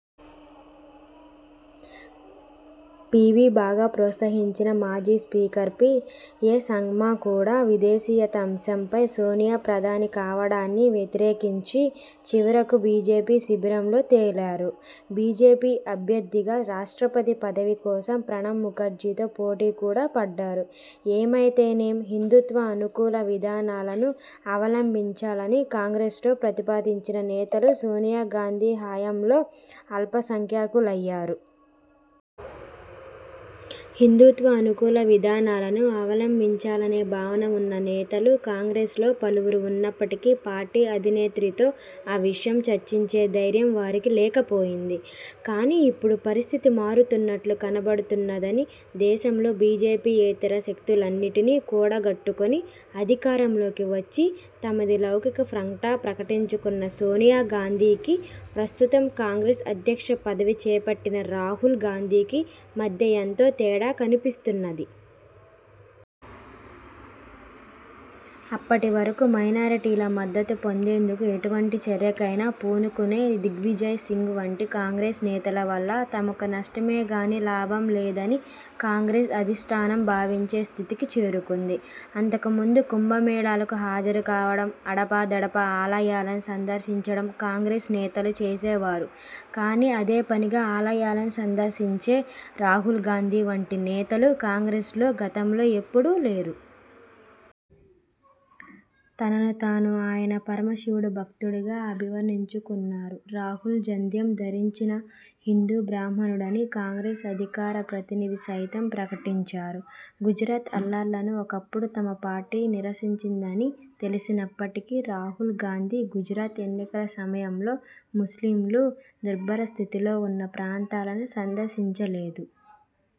P. V. బాగా ప్రోత్సహించిన మాజీ స్పీకర్ పి. ఏ. సంగ్మా కూడా విదేశీయత అంశంపై సోనియా ప్రధాని కావడాన్ని వ్యతిరేకించి చివరకు బీజేపీ శిబిరంలో తేలారు. బీజేపీ అభ్యర్థిగా రాష్ట్రపతి పదవి కోసం ప్రణబ్ ముఖర్జీతో పోటీ కూడా పడ్డారు. ఏమైతేనేం హిందూత్వ అనుకూల విధానాలను అవలంబించాలని కాంగ్రెస్లో ప్రతిపాదించిన నేతలు సోనియాగాంధీ హయాంలో అల్ప సంఖ్యాకులయ్యారు. హిందూత్వ అనుకూల విధానాలను అవలంబించాలనే భావన ఉన్న నేతలు కాంగ్రెస్లో పలువురు ఉన్నప్పటికీ పార్టీ అధినేత్రితో ఆ విషయం చర్చించే ధైర్యం వారికి లేకపోయింది. కాని ఇప్పుడు పరిస్థితి మారుతున్నట్లు కనపడుతున్నది. దేశంలో బీజేపీయేతర శక్తులన్నిటినీ కూడగట్టుకుని అధికారంలోకి వచ్చి తమది లౌకిక ఫ్రంట్గా ప్రకటించుకున్న సోనియాగాంధీకీ, ప్రస్తుతం కాంగ్రెస్ అధ్యక్ష పదవి చేపట్టిన రాహుల్ గాంధీకి మధ్య ఎంతో తేడా కనిపిస్తున్నది. అప్పటివరకూ మైనారిటీల మద్దతు పొందేందుకు ఎటువంటి చర్యకైనా పూనుకునే దిగ్విజయ్ సింగ్ వంటి కాంగ్రెస్ నేతల వల్ల తమకు నష్టమే కాని లాభం లేదని కాంగ్రెస్ అధిష్ఠానం భావించే స్థితికి చేరుకుంది. అంతకు ముందు కుంభమేళాలకు హాజరు కావడం, అడపాదడపా ఆలయాలను సందర్శించడం కాంగ్రెస్ నేతలు చేసేవారు కాని అదే పనిగా ఆలయాలను సందర్శించే రాహుల్ గాంధీ వంటి నేతలు కాంగ్రెస్లో గతంలో ఎప్పుడూ లేరు. తనను తాను ఆయన పరమశివుడి భక్తుడిగా అభివర్ణించుకున్నారు. రాహుల్ జంధ్యం ధరించిన హిందూ బ్రాహ్మణుడని కాంగ్రెస్ అధికార ప్రతినిధి సైతం ప్రకటించారు. గుజరాత్ అల్లర్లను ఒకప్పుడు తమ పార్టీ నిరసించిందని తెలిసినప్పటికీ రాహుల్ గాంధీ గుజరాత్ ఎన్నికల సమయంలో ముస్లింలు దుర్భర స్థితిలో ఉన్న ప్రాంతాలను సందర్శించలేదు.